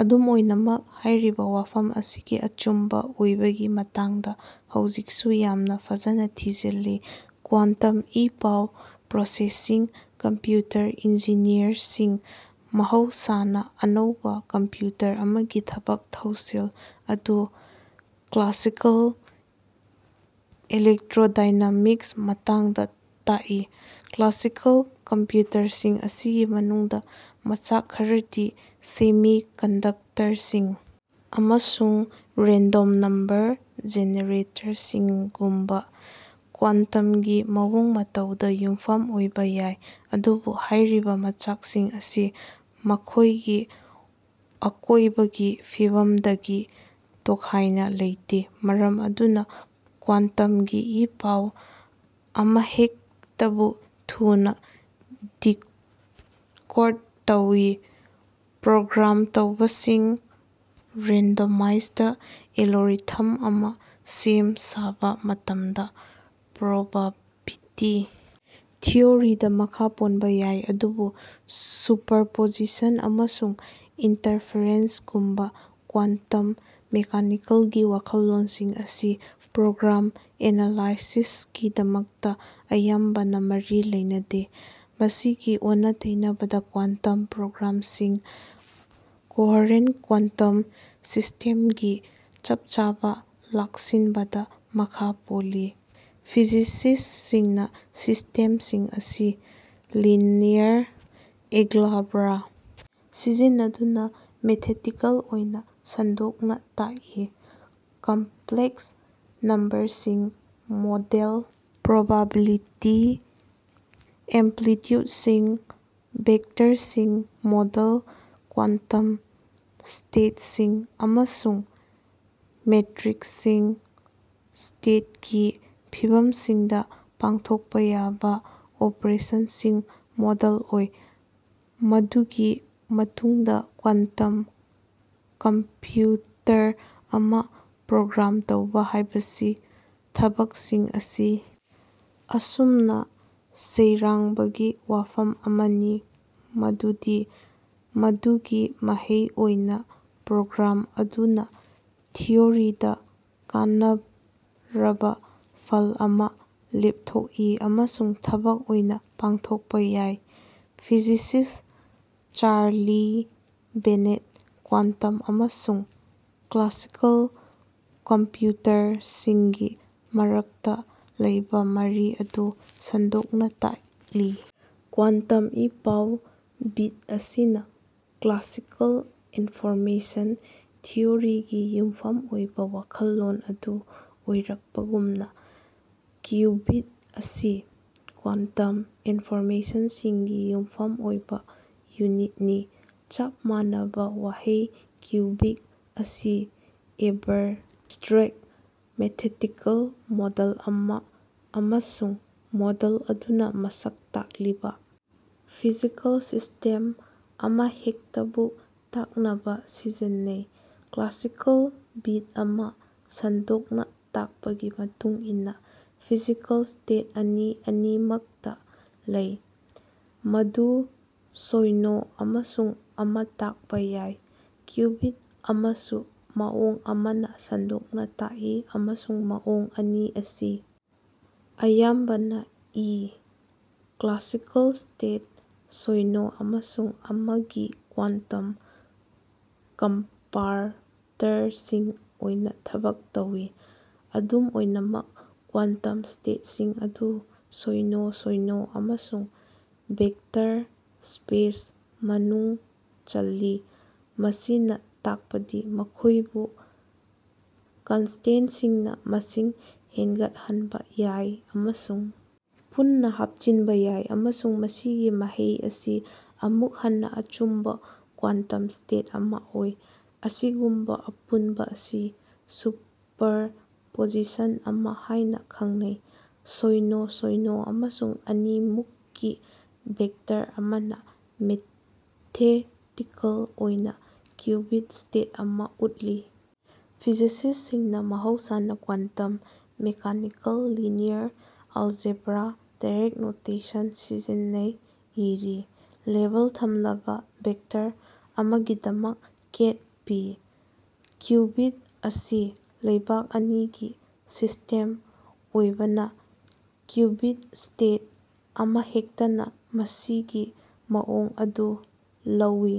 ꯑꯗꯨꯝ ꯑꯣꯏꯅꯃꯛ, ꯍꯥꯏꯔꯤꯕ ꯋꯥꯐꯝ ꯑꯁꯤꯒꯤ ꯑꯆꯨꯝꯕ ꯑꯣꯏꯕꯒꯤ ꯃꯇꯥꯡꯗ ꯍꯧꯖꯤꯛꯁꯨ ꯌꯥꯝꯅ ꯐꯖꯅ ꯊꯤꯖꯤꯜꯂꯤ꯫ ꯀ꯭ꯋꯥꯟꯇꯝ ꯏ-ꯄꯥꯎ ꯄ꯭ꯔꯣꯁꯦꯁꯤꯡ ꯀꯝꯄ꯭ꯌꯨꯇꯔ ꯏꯟꯖꯤꯅꯤꯌꯔꯁꯤꯡ ꯃꯍꯧꯁꯥꯅ ꯑꯅꯧꯕ ꯀꯝꯄ꯭ꯌꯨꯇꯔ ꯑꯃꯒꯤ ꯊꯕꯛ-ꯊꯧꯁꯤꯜ ꯑꯗꯨ ꯀ꯭ꯂꯥꯁꯤꯀꯦꯜ ꯏꯂꯦꯛꯇ꯭ꯔꯣꯗꯥꯏꯅꯥꯃꯤꯛꯁ ꯃꯇꯥꯡꯗ ꯇꯥꯛꯏ꯫"ꯀ꯭ꯂꯥꯁꯤꯀꯦꯜ" ꯀꯝꯄ꯭ꯌꯨꯇꯔꯁꯤꯡ ꯑꯁꯤꯒꯤ ꯃꯅꯨꯡꯗ, ꯃꯆꯥꯛ ꯈꯔꯗꯤ (ꯁꯦꯃꯤꯀꯟꯗꯛꯇꯔꯁꯤꯡ ꯑꯃꯁꯨꯡ ꯔꯥꯟꯗꯣꯝ ꯅꯝꯕꯔ ꯖꯤꯅꯔꯦꯇꯔꯁꯤꯡꯒꯨꯝꯕ) ꯀ꯭ꯋꯥꯟꯇꯝꯒꯤ ꯃꯑꯣꯡ-ꯃꯇꯧꯗ ꯌꯨꯝꯐꯝ ꯑꯣꯏꯕ ꯌꯥꯏ, ꯑꯗꯨꯕꯨ ꯍꯥꯏꯔꯤꯕ ꯃꯆꯥꯛꯁꯤꯡ ꯑꯁꯤ ꯃꯈꯣꯏꯒꯤ ꯑꯀꯣꯏꯕꯒꯤ ꯐꯤꯚꯝꯗꯒꯤ ꯇꯣꯈꯥꯏꯅ ꯂꯩꯇꯦ, ꯃꯔꯝ ꯑꯗꯨꯅ ꯀ꯭ꯋꯥꯟꯇꯝꯒꯤ ꯏ-ꯄꯥꯎ ꯑꯃꯍꯦꯛꯇꯕꯨ ꯊꯨꯅ ꯗꯤꯀꯣꯔꯠ ꯇꯧꯋꯤ꯫ꯄ꯭ꯔꯣꯒ꯭ꯔꯥꯝ ꯇꯧꯕꯁꯤꯡ ꯔꯥꯟꯗꯃꯥꯏꯖꯗ ꯑꯦꯂꯣꯔꯤꯊꯝ ꯑꯃ ꯁꯦꯝꯁꯥꯕ ꯃꯇꯝꯗ ꯄ꯭ꯔꯣꯕꯥꯕꯤꯇꯤ ꯊꯤꯑꯣꯔꯤꯗ ꯃꯈꯥ ꯄꯣꯟꯕ ꯌꯥꯏ ꯑꯗꯨꯕꯨ ꯁꯨꯄꯔꯄꯣꯖꯤꯁꯟ ꯑꯃꯁꯨꯡ ꯏꯟꯇꯔꯐꯔꯦꯟꯁꯒꯨꯝꯕ ꯀ꯭ꯋꯥꯟꯇꯝ ꯃꯦꯀꯥꯅꯤꯀꯦꯜꯒꯤ ꯋꯥꯈꯜꯂꯣꯟꯁꯤꯡ ꯑꯁꯤ ꯄ꯭ꯔꯣꯒ꯭ꯔꯥꯝ ꯑꯦꯅꯥꯂꯥꯏꯁꯤꯁꯀꯤꯗꯃꯛꯇ ꯑꯌꯥꯝꯕꯅ ꯃꯔꯤ ꯂꯩꯅꯩꯗꯦ꯫ ꯃꯁꯤꯒꯤ ꯑꯣꯟꯅ-ꯇꯩꯅꯕꯗ, ꯀ꯭ꯋꯥꯟꯇꯝ ꯄ꯭ꯔꯣꯒ꯭ꯔꯥꯝꯁꯤꯡ ꯀꯣꯍꯔꯦꯟꯠ ꯀ꯭ꯋꯥꯟꯇꯝ ꯁꯤꯁ꯭ꯇꯦꯝꯒꯤ ꯆꯞ-ꯆꯥꯕ ꯂꯥꯛꯁꯤꯟꯕꯗ ꯃꯈꯥ ꯄꯣꯜꯂꯤ꯫ ꯐꯤꯖꯤꯁꯤꯁꯁꯤꯡꯅ ꯁꯤꯁꯇꯦꯝꯁꯤꯡ ꯑꯁꯤ ꯂꯤꯅꯤꯌꯔ ꯑꯦꯒ꯭ꯂꯥꯕ꯭ꯔꯥ ꯁꯤꯖꯤꯟꯅꯗꯨꯅ ꯃꯦꯊꯦꯇꯤꯀꯦꯜ ꯑꯣꯏꯅ ꯁꯟꯗꯣꯛꯅ ꯇꯥꯛꯏ꯫ ꯀꯝꯄ꯭ꯂꯦꯛꯁ ꯅꯝꯕꯔꯁꯤꯡ ꯃꯣꯗꯦꯜ ꯄ꯭ꯔꯣꯕꯥꯕꯤꯂꯤꯇꯤ ꯑꯝꯄ꯭ꯂꯤꯇ꯭ꯌꯨꯗꯁꯤꯡ, ꯚꯦꯛꯇꯔꯁꯤꯡ ꯃꯣꯗꯜ ꯀ꯭ꯋꯥꯟꯇꯝ ꯁ꯭ꯇꯦꯠꯁꯤꯡ, ꯑꯃꯁꯨꯡ ꯃꯦꯇ꯭ꯔꯤꯛꯁꯤꯡ ꯁ꯭ꯇꯦꯠꯀꯤ ꯐꯤꯕꯝꯁꯤꯡꯗ ꯄꯥꯡꯊꯣꯛꯄ ꯌꯥꯕ ꯑꯣꯄꯔꯦꯁꯟꯁꯤꯡ ꯃꯣꯗꯦꯜ ꯑꯣꯏ꯫ ꯃꯗꯨꯒꯤ ꯃꯇꯨꯡꯗ ꯀ꯭ꯋꯥꯟꯇꯝ ꯀꯝꯄ꯭ꯌꯨꯇꯔ ꯑꯃ ꯄ꯭ꯔꯣꯒ꯭ꯔꯥꯝ ꯇꯧꯕ ꯍꯥꯏꯕꯁꯤ ꯊꯕꯛꯁꯤꯡ ꯑꯁꯤ ꯑꯁꯨꯝꯅ ꯁꯩꯔꯥꯡꯕꯒꯤ ꯋꯥꯐꯝ ꯑꯃꯅꯤ ꯃꯗꯨꯗꯤ ꯃꯗꯨꯒꯤ ꯃꯍꯩ ꯑꯣꯏꯅ ꯄ꯭ꯔꯣꯒ꯭ꯔꯥꯝ ꯑꯗꯨꯅ ꯊꯤꯑꯣꯔꯤꯗ ꯀꯥꯟꯅꯔꯕ ꯐꯜ ꯑꯃ ꯂꯦꯞꯊꯣꯛꯏ ꯑꯃꯁꯨꯡ ꯊꯕꯛ ꯑꯣꯏꯅ ꯄꯥꯡꯊꯣꯛꯄ ꯌꯥꯏ꯫ ꯐꯤꯖꯤꯁꯤꯁ ꯆꯥꯔꯂꯤ ꯕꯦꯅꯦꯠ ꯀ꯭ꯋꯥꯟꯇꯝ ꯑꯃꯁꯨꯡ ꯀ꯭ꯂꯥꯁꯤꯀꯦꯜ ꯀꯝꯄ꯭ꯌꯨꯇꯔꯁꯤꯡꯒꯤ ꯃꯔꯛꯇ ꯂꯩꯕ ꯃꯔꯤ ꯑꯗꯨ ꯁꯟꯗꯣꯛꯅ ꯇꯥꯛꯂꯤ, ꯀ꯭ꯋꯥꯟꯇꯝ ꯏ-ꯄꯥꯎ ꯕꯤꯠ ꯑꯁꯤꯅ ꯀ꯭ꯂꯥꯁꯤꯀꯦꯜ ꯏꯟꯐꯣꯔꯃꯦꯁꯟ ꯊꯤꯑꯣꯔꯤꯒꯤ ꯌꯨꯝꯐꯝ ꯑꯣꯏꯕ ꯋꯥꯈꯜꯂꯣꯟ ꯑꯗꯨ ꯑꯣꯏꯔꯛꯄꯒꯨꯝꯅ, ꯀ꯭ꯌꯨꯕꯤꯠ ꯑꯁꯤ ꯀ꯭ꯋꯥꯟꯇꯝ ꯏꯟꯐꯣꯔꯃꯦꯁꯟꯁꯤꯡꯒꯤ ꯌꯨꯝꯐꯝ ꯑꯣꯏꯕ ꯌꯨꯅꯤꯠꯅꯤ꯫ ꯆꯞ ꯃꯥꯟꯅꯕ ꯋꯥꯍꯩ ꯀ꯭ꯌꯨꯕꯤꯛ ꯑꯁꯤ ꯑꯦꯕ꯭ꯔꯇ꯭ꯔꯦꯛ ꯃꯦꯊꯦꯇꯤꯀꯦꯜ ꯃꯣꯗꯦꯜ ꯑꯃ ꯑꯃꯁꯨꯡ ꯃꯣꯗꯦꯜ ꯑꯗꯨꯅ ꯃꯁꯛ ꯇꯥꯛꯂꯤꯕ ꯐꯤꯖꯤꯀꯦꯜ ꯁꯤꯁ꯭ꯇꯦꯝ ꯑꯃꯍꯦꯛꯇꯕꯨ ꯇꯥꯛꯅꯕ ꯁꯤꯖꯤꯟꯅꯩ꯫ ꯀ꯭ꯂꯥꯁꯤꯀꯦꯜ ꯕꯤꯠ ꯑꯃ, ꯁꯟꯗꯣꯛꯅ ꯇꯥꯛꯄꯒꯤ ꯃꯇꯨꯡ ꯏꯟꯅ, ꯐꯤꯖꯤꯀꯦꯜ ꯁ꯭ꯇꯦꯠ ꯑꯅꯤ ꯑꯅꯤꯃꯛꯇ ꯂꯩ, ꯃꯗꯨ ꯁꯣꯏꯅꯣ ꯑꯃꯁꯨꯡ ꯑꯃ ꯇꯥꯛꯄ ꯌꯥꯏ꯫ ꯀ꯭ꯌꯨꯕꯤꯠ ꯑꯃꯁꯨ ꯃꯑꯣꯡ ꯑꯃꯅ ꯁꯟꯗꯣꯛꯅ ꯇꯥꯛꯏ, ꯑꯃꯁꯨꯡ ꯃꯑꯣꯡ ꯑꯅꯤ ꯑꯁꯤ ꯑꯌꯥꯝꯕꯅ ꯏ꯫ ꯀ꯭ꯂꯥꯁꯤꯀꯦꯜ ꯁ꯭ꯇꯦꯠ ꯁꯣꯏꯅꯣ ꯑꯃꯁꯨꯡ ꯑꯃ ꯒꯤ ꯀ꯭ꯋꯥꯟꯇꯝ ꯀꯝꯄꯥꯔꯇꯔꯁꯤꯡ ꯑꯣꯏꯅ ꯊꯕꯛ ꯇꯧꯋꯤ꯫ ꯑꯗꯨꯝ ꯑꯣꯏꯅꯃꯛ, ꯀ꯭ꯋꯥꯟꯇꯝ ꯁ꯭ꯇꯦꯠꯁꯤꯡ ꯑꯗꯨ ꯁꯣꯏꯅꯣ ꯁꯣꯏꯅꯣ ꯑꯃꯁꯨꯡ ꯚꯦꯛꯇꯔ ꯁ꯭ꯄꯦꯁ ꯃꯅꯨꯡ ꯆꯜꯂꯤ, ꯃꯁꯤꯅ ꯇꯥꯛꯄꯗꯤ ꯃꯈꯣꯏꯕꯨ ꯀꯟꯁꯇꯦꯟꯇꯁꯤꯡꯅ ꯃꯁꯤꯡ ꯍꯦꯟꯒꯠꯍꯟꯕ ꯌꯥꯏ ꯑꯃꯁꯨꯡ ꯄꯨꯟꯅ ꯍꯥꯞꯆꯤꯟꯕ ꯌꯥꯏ, ꯑꯃꯁꯨꯡ ꯃꯁꯤꯒꯤ ꯃꯍꯩ ꯑꯁꯤ ꯑꯃꯨꯛ ꯍꯟꯅ ꯑꯆꯨꯝꯕ ꯀ꯭ꯋꯥꯟꯇꯝ ꯁ꯭ꯇꯦꯠ ꯑꯃ ꯑꯣꯏ꯫ ꯑꯁꯤꯒꯨꯝꯕ ꯑꯄꯨꯟꯕ ꯑꯁꯤ ꯁꯨꯄꯔꯄꯣꯖꯤꯁꯟ ꯑꯃ ꯍꯥꯏꯅ ꯈꯪꯅꯩ꯫ ꯁꯣꯏꯅꯣ ꯁꯣꯏꯅꯣ ꯑꯃꯁꯨꯡ ꯑꯅꯤꯃꯨꯛꯀꯤ ꯚꯦꯛꯇꯔ ꯑꯃꯅ ꯃꯦꯊꯦꯇꯤꯀꯦꯜ ꯑꯣꯏꯅ ꯀ꯭ꯌꯨꯕꯤꯠ ꯁ꯭ꯇꯦꯠ ꯑꯃ ꯎꯠꯂꯤ꯫ ꯐꯤꯖꯤꯁꯤꯁꯁꯤꯡꯅ ꯃꯍꯧꯁꯥꯅ quantum mechanical linear algebra Dirac notation ꯁꯤꯖꯤꯟꯅꯩ, ꯏꯔꯤ꯫ ꯂꯦꯕꯦꯜ ꯊꯝꯂꯕ ꯚꯦꯛꯇꯔ ꯑꯃꯒꯤꯗꯃꯛ 'ꯀꯦꯠ ꯄꯤꯑꯏ'꯫ ꯀ꯭ꯌꯨꯕꯤꯠ ꯑꯁꯤ ꯂꯩꯕꯥꯛ ꯑꯅꯤꯒꯤ ꯁꯤꯁꯇꯦꯝ ꯑꯣꯏꯕꯅ, ꯀ꯭ꯌꯕꯤꯠ ꯁ꯭ꯇꯦꯠ ꯑꯃꯍꯦꯛꯇꯅ ꯃꯁꯤꯒꯤ ꯃꯑꯣꯡ ꯑꯗꯨ ꯂꯧꯋꯤ꯫